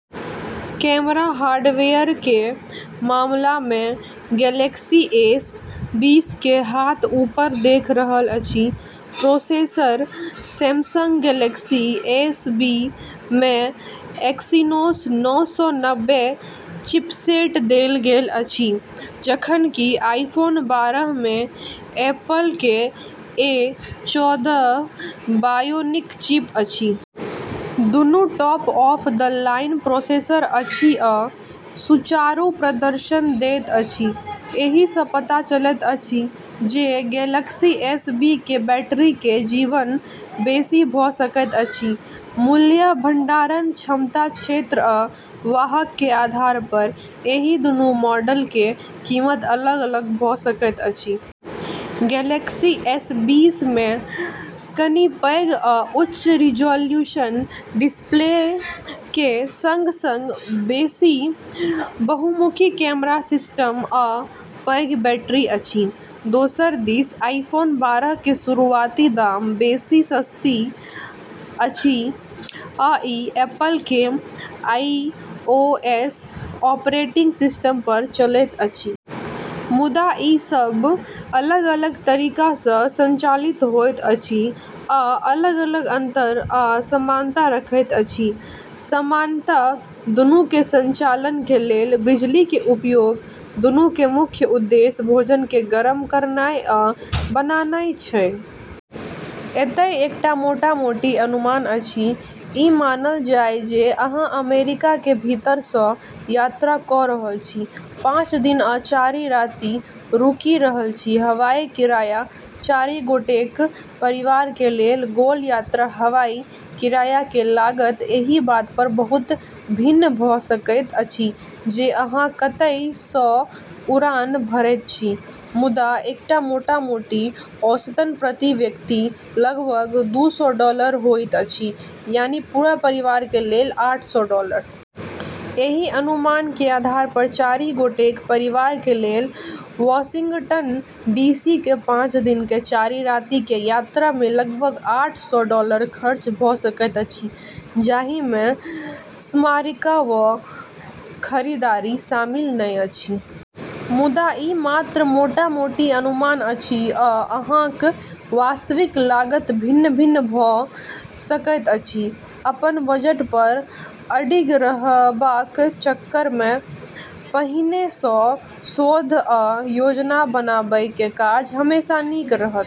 Camera hardware के मामला मे गैलेक्सी एस बीस के हाथ ऊपर देख रहल अछि। प्रोसेसर सैमसंग गैलेक्सी एस बीस मे एक्सिनोस नौ सौ नब्बे चिपसेट देल गेल अछि जखन कि आईफोन बारह मे एप्पल के ए चौदह बायोनिक चिप अछि। दुनू टॉप-ऑफ-द-लाइन प्रोसेसर अछि आ सुचारू प्रदर्शन दैत अछि, एहि से पता चलैत अछि जे गैलेक्सी एस बीस के बैटरी के जीवन बेसी भ सकैत अछि, मूल्य, भंडारण, क्षमता, क्षेत्र आ वाहक के आधार पर एहि दूनू मॉडल के कीमत अलग-अलग भ सकैत अछि। गैलेक्सी एस बीस मे कनि पैग अ उच्च रिजॉल्यूशन डिस्प्ले के संग-संग बेसी बहुमुखी कैमरा सिस्टम अ पैघ बैटरी अछि। दोसर दिस आईफोन बारह के शुरुआती दाम बेसी सस्ती अछि आ ई एप्पल के आईओएस ऑपरेटिंग सिस्टम पर चलैत अछि। मुदा ई सब अलग-अलग तरीका से संचालित होइत अछि आ अलग-अलग अंतर आ समानता रखैत अछि, समानता दुनू के संचालन के लेल बिजली के उपयोग, दुनू के मुख्य उद्देश्य भोजन के गरम करनाय आ बनानाय छै। एतय एकटा मोटा-मोटी अनुमान अछि, ई मानल जाय जे अहाँ अमेरिका के भीतर सँ यात्रा क रहल छी, पाँच दिन आ चारि राति रुकि रहल छी, हवाई किराया चारि गोटेक परिवार के लेल गोल-यात्रा हवाई किराया के लागत एहि बात पर बहुत भिन्न भ सकैत अछि जे अहाँ कतय सँ उड़ान भरैत छी, मुदा एकटा मोटा-मोटी औसतन प्रति व्यक्ति लगभग दू सौ डॉलर होइत अछि, यानी पूरा परिवार के लेल आठ सौ डॉलर। एहि अनुमान के आधार पर चारि गोटेक परिवार के लेल वाशिंगटन डी सी के पाँच दिन के चारि राति के यात्रा मे लगभग आठ सौ डॉलर खर्च भ सकैत अछि जाहि मे स्मारिका व खरीदारी शामिल नै अछि। मुदा, ई मात्र मोटा-मोटी अनुमान अछि अ अहाँक वास्तविक लागत भिन्न-भिन्न भ सकैत अछि, अपन बजट पर अडिग रहबाक चक्कर मे पहिने सँ शोध आ योजना बनाबय के काज हमेशा नीक रहत।